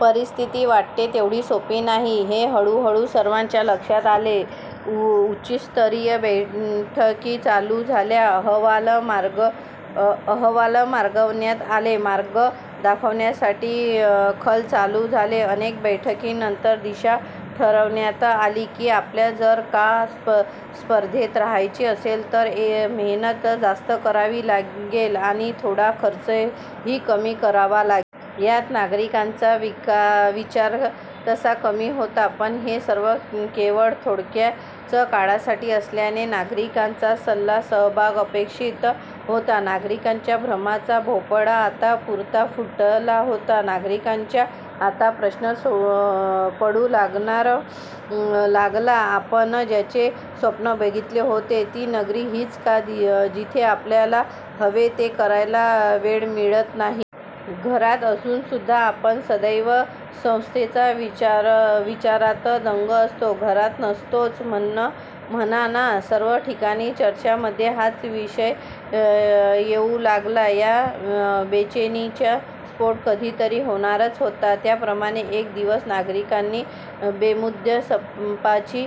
परिस्थिती वाटते तेवढी सोप्पी नाही हे हळू हळू सर्वांच्या लक्षात आले. उच्चस्तरीय बैठकी चालू झाल्या, अहवाल मागवण्यात आले, मार्ग काढण्यासाठी खल चालू झाले. अनेक बैठकीनंतर दिशा ठरवण्यात आली की आपल्याला जर का स्पर्धेत राहायचे असेल तर मेहनत जास्त करावी लागेल आणि थोडा खर्च ही कमी करावा लागेल. यात नागरिकांचा विचार तसा कमी होता पण हे सर्व केवळ थोड्या काळासाठी असल्याने नागरिकांचा सहभाग अपेक्षित होता. नागरिकांच्या भ्रमाचा भोपळा आता पुरता फुटला होता. नागरिकांना आता प्रश्न पडू लागला, आपण ज्याचे स्वप्न बघितले होते ती नगरी हीच का, जिथे आपल्याला हवे ते करायला वेळ मिळत नाही. घरात असून सुद्धा आपण सदैव संस्थेच्या विचारात दंग असतो, घरात नसतोच म्हणा ना? सर्व ठिकाणी चर्चांमध्ये हाच विषय येऊ लागला. या बेचैनिचा स्फोट कधीतरी होणारच होता. त्याप्रमाणे एक दिवस नागरिकांनी बेमुदत संपाची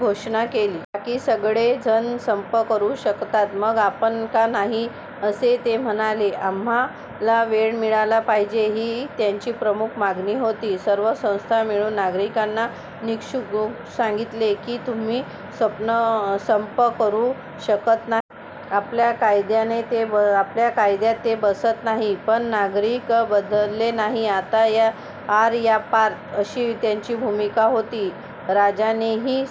घोषणा केली. बाकी सगळे जण संप करू शकतात मग आपण का नाही असे ते म्हणाले. आम्हाला वेळ मिळाला पाहिजे ही त्यांची प्रमुख मागणी होती. सर्व संस्थांनी मिळून नागरिकांना निक्षून सांगितले की तुम्ही संप करू शकत नाही. आपल्या कायद्यात ते बसत नाही. पण नागरिक बधले नाही आता 'आर या पार' अशी त्यांची भूमिका होति. राजानेही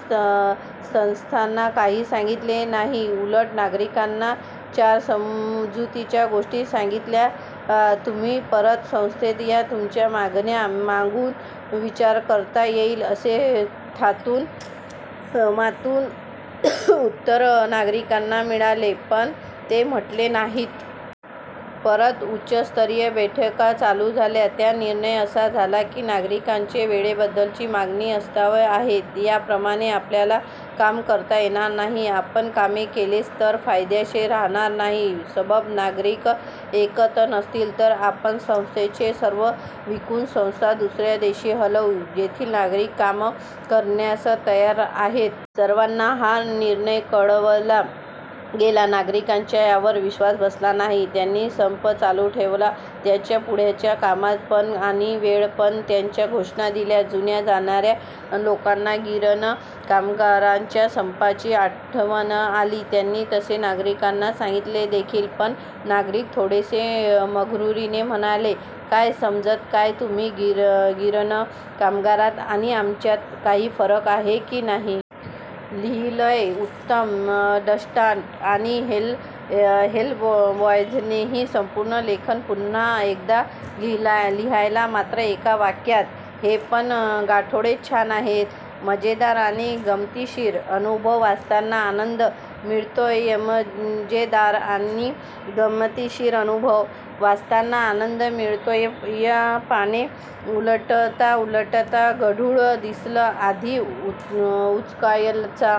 संस्थाना काही सांगितले नाही, उलट नागरिकांनाच चार समजुतीच्या गोष्टी सांगितल्या. तुम्ही परत संस्थेत या, तुमच्या मागण्यांचा मागून विचार करता येईल असे थातूर मातुर उत्तर नागरिकांना मिळाले, पण ते हटले नाहीत. परत उच्चस्तरीय बैठका चालू झाल्या. त्यात निर्णय असा झाला की नागरिकांची वेळेबद्दलची मागणी अवास्तव आहे, याप्रमाणे आपल्याला काम करता येणार नाही. आपण काम केलेच तर ते फायद्यात रहाणार नाही, सबब नागरिक ऐकत नसतील तर आपण संस्थेचे सर्व विकून संस्था दुसऱ्या देशी हलवू, जेथील नागरिक काम करण्यास तयार आहेत. सर्वाना हा निर्णय कळवला गेला. नागरिकांचा यावर विश्वास बसला नाही, त्यांनी संप चालू ठेवला. त्यांच्या पुढार्यांनी 'काम पणआणि वेळ पण' च्या घोषणा दिल्या. जुन्या जाणत्या लोकांना गिरण कामगारांच्या संपाची आठवण आली. त्यांनी तसे नागरिकांना सांगितले देखील पण नागरिक थोडसे मग्रुरीने म्हणाले, " काय समजत काय तुम्ही गिरण कामगारात आणि आमच्यात काही फरक आहे की नाही? " लिहिलंय! उत्तम डृष्टांत. आणि हेलबॉयनेही संपूर्ण लेख पुन: एकदा लिहिलाय, मात्र एका वाक्यात. हे पण गाठोडे छान आहे.! मजेदार आणि गमतीशीर अनुभव वाचताना आनंद मिळतोयमजेदार आणि गमतीशीर अनुभव वाचताना आनंद मिळतोयपाने उलटता उलटता 'गठुडं' दिसलं. आधी उचकायचा